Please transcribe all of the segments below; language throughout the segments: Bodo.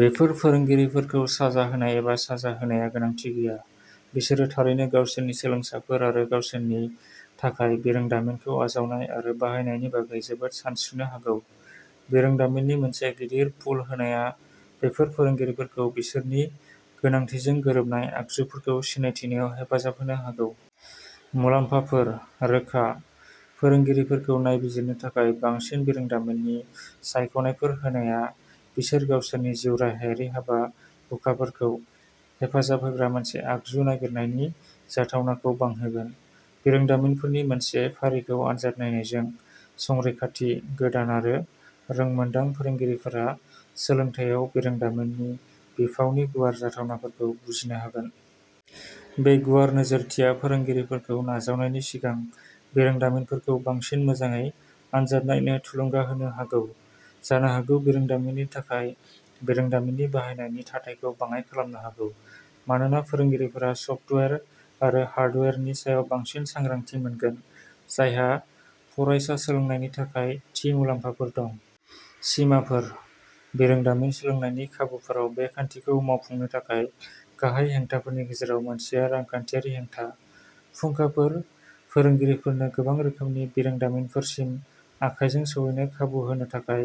बेफोर फोरोंगिरिफोरखौ साजा होनाय एबा साजा होनाया गोनांथि गैया; बिसोरो थारैनो गावसोरनि सोलोंसाफोर आरो गावसोरनि थाखाय बिरोंदामिनखौ आजावनाय आरो बाहायनायनि बागै जोबोद सानस्रिनो हागौ। बिरोंदामिननि मोनसे गिदिर पुल होनायआ बेफोर फोरोंगिरिफोरखौ बिसोरनि गोनांथिजों गोरोबनाय आगजुफोरखौ सिनायथिनायाव हेफाजाब होनो हागौ। मुलाम्फाफोर। रोखा, फोरोंगिरिफोरखौ नायबिजिरनो थाखाय बांसिन बिरोंदामिननि सायख'नायफोर होनाया बिसोर गावसोरनि जिउराहायारि हाबा-हुखाफोरखौ हेफाजाब होग्रा मोनसे आगजु नागिरनायनि जाथावनाखौ बांहोगोन। बिरोंदामिनफोरनि मोनसे फारिखौ आनजाद नायनायजों, संरैखाथि, गोदान आरो रोंमोन्दां फोरोंगिरिफोरा सोलोंथायाव बिरोंदामिननि बिफावनि गुवार जाथावनाफोरखौ बुजिनो हागोन। बे गुवार नोजोरथिया फोरोंगिरिफोरखौ नाजावनायनि सिगां बिरोंदामिनफोरखौ बांसिन मोजाङै आनजाद नायनो थुलुंगा होनो हागौ, जानो हागौ बिरोंदामिननि थाखाय बिरोंदामिननि बाहायनायनि थाथायखौ बाङाइ खालामनो हागौ, मानोना फोरोंगिरिफोरा सफ्टवेयार आरो हार्डवेयारनि सायाव बांसिन सांग्रांथि मोनगोन जायहा फरायसा सोलोंनायनि थाखाय थि मुलाम्फाफोर दं। सिमाफोर। बिरोंदामिन-सोलोंनायनि खाबुफोराव बे खान्थिखौ मावफुंनो थाखाय गाहाय हेंथाफोरनि गेजेराव मोनसेआ रांखान्थियारि हेंथा। फुंखाफोर फोरोंगिरिफोरनो गोबां रोखोमनि बिरोंदामिनफोरसिम आखायजों सौहैनो खाबु होनो थाखाय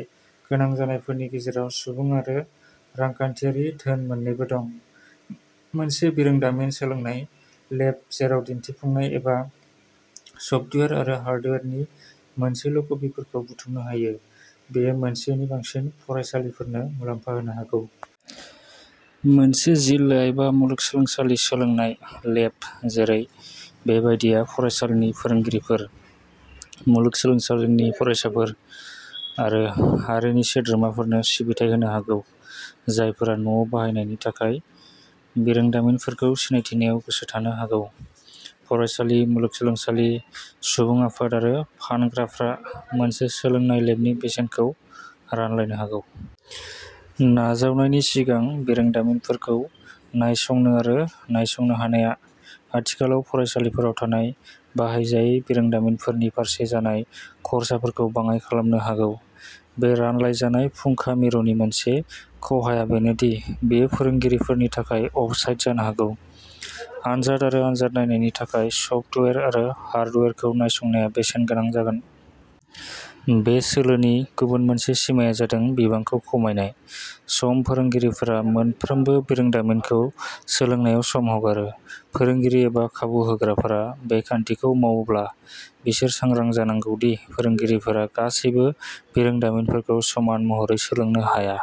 गोनां जानायफोरनि गेजेराव सुबुं आरो रांखान्थियारि धोन मोन्नैबो दं। मोनसे बिरोंदामिन सोलोंनाय लेब जेराव दिन्थिफुंनाय एबा सफ्टवेयार आरो हार्डवेयारनि मोनसेल'कपिफोरखौ बुथुमनो हायो, बेयो मोनसेनि बांसिन फरायसालिफोरनो मुलाम्फा होनो हागौ। मोनसे जिल्ला एबा मुलुग सोलोंसालि सोलोंनाय लेब जेरै बे बायदिआ फरायसालिनि फोरोंगिरिफोर, मुलुग सोलोंसालिनि फरायसाफोर आरो ा हारिनि सोद्रोमाफोरनो सिबिथाय होनो हागौ, जायफोरा न'आव बाहायनायनि थाखाय बिरोंदामिनफोरखौ सिनायथिनायाव गोसो थानो हागौ। फरायसालि, मुलुगसोलोंसालि, सुबुं आफाद आरो फानग्राफ्रा मोनसे सोलोंनाय लेबनि बेसेनखौ रानलायनो हागौ। नाजावनायनि सिगां बिरोंदामिनफोरखौ नायसंनो आरो नायसंनो हानायआ आथिखालाव फरायसालिफोराव थानाय बाहायजायै बिरोंदामिनफोरनि फारसे जानाय खर्साफोरखौ बाङाय खालामनो हागौ। बे रानलायजानाय फुंखा मिरुनि मोनसे खहाया बेनो दि बेयो फोरोंगिरिफोरनि थाखाय अफसाइट जानो हागौ। आनजाद आरो आनजाद नायनायनि थाखाय सफ्टवेयार आरो हार्डवेयारखौ नायसंनाया बेसेनगोनां जागोन। बे सोलोनि गुबुन मोनसे सिमाआ जादों बिबांखौ खमायनाय। सम फोरोंगिरिफोरा मोनफ्रोमबो बिरोंदामिनखौ सोलोंनायाव सम हगारो। फोरोंगिरि एबा खाबु होग्राफोरा बे खान्थिखौ मावोब्ला, बिसोर सांग्रां जानांगौ दि फोरोंगिरिफोरा गासैबो बिरोंदामिनफोरखौ समान महरै सोलोंनो हाया।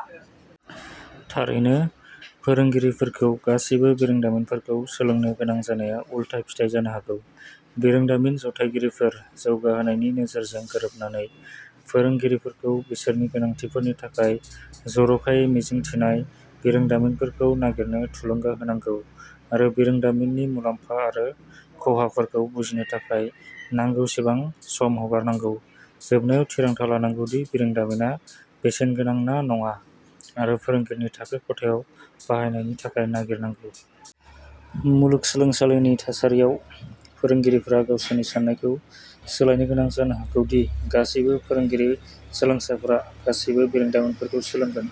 थारैनो, फोरोंगिरिफोरखौ गासैबो बिरोंदामिनफोरखौ सोलोंनो गोनां जानाया उलथा फिथाय जानो हागौ। बिरोंदामिन जथायगिरिफोर जौगाहोनायनि नोजोरजों गोरोबनानै, फोरोंगिरिफोरखौ बिसोरनि गोनांथिफोरनि थाखाय जरखायै मिजिं थिनाय बिरोंदामिनफोरखौ नागिरनो थुलुंगा होनांगौ आरो बिरोंदामिननि मुलाम्फा आरो खहाफोरखौ बुजिनो थाखाय नांगौसेबां सम हगारनांगौ, जोबनायाव थिरांथा लानांगौ दि बिरोंदामिनआ बेसेनगोनां ना नङा आरो फोरोंगिरिनि थाखो खथायाव बाहायनायनि थाखाय नागिरनांगौ। मुलुग सोलोंसालिनि थासारियाव, फोरोंगिरिफोरा गावसोरनि सान्नायखौ सोलायनो गोनां जानो हागौ दि गासैबो फोरोंगिरि-सोलोंसाफोरा गासैबो बिरोंदामिनफोरखौ सोलोंगोन।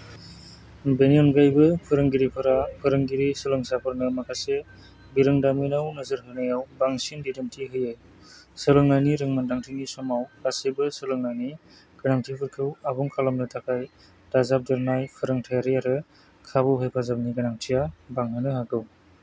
बेनि अनगायैबो, फोरोंगिरिफोरा फोरोंगिरि-सोलोंसाफोरनो माखासे बिरोंदामिनफोराव नोजोर होनायाव बांसिन दिदोमथि होयो, सोलोंनायनि रोंमोनदांथिनि समाव गासैबो सोलोंनायनि गोनांथिफोरखौ आबुं खालामनो थाखाय दाजाबदेरनाय फोरोंथायारि आरो खाबु हेफाजाबनि गोनांथिआ बांहोनो हागौ।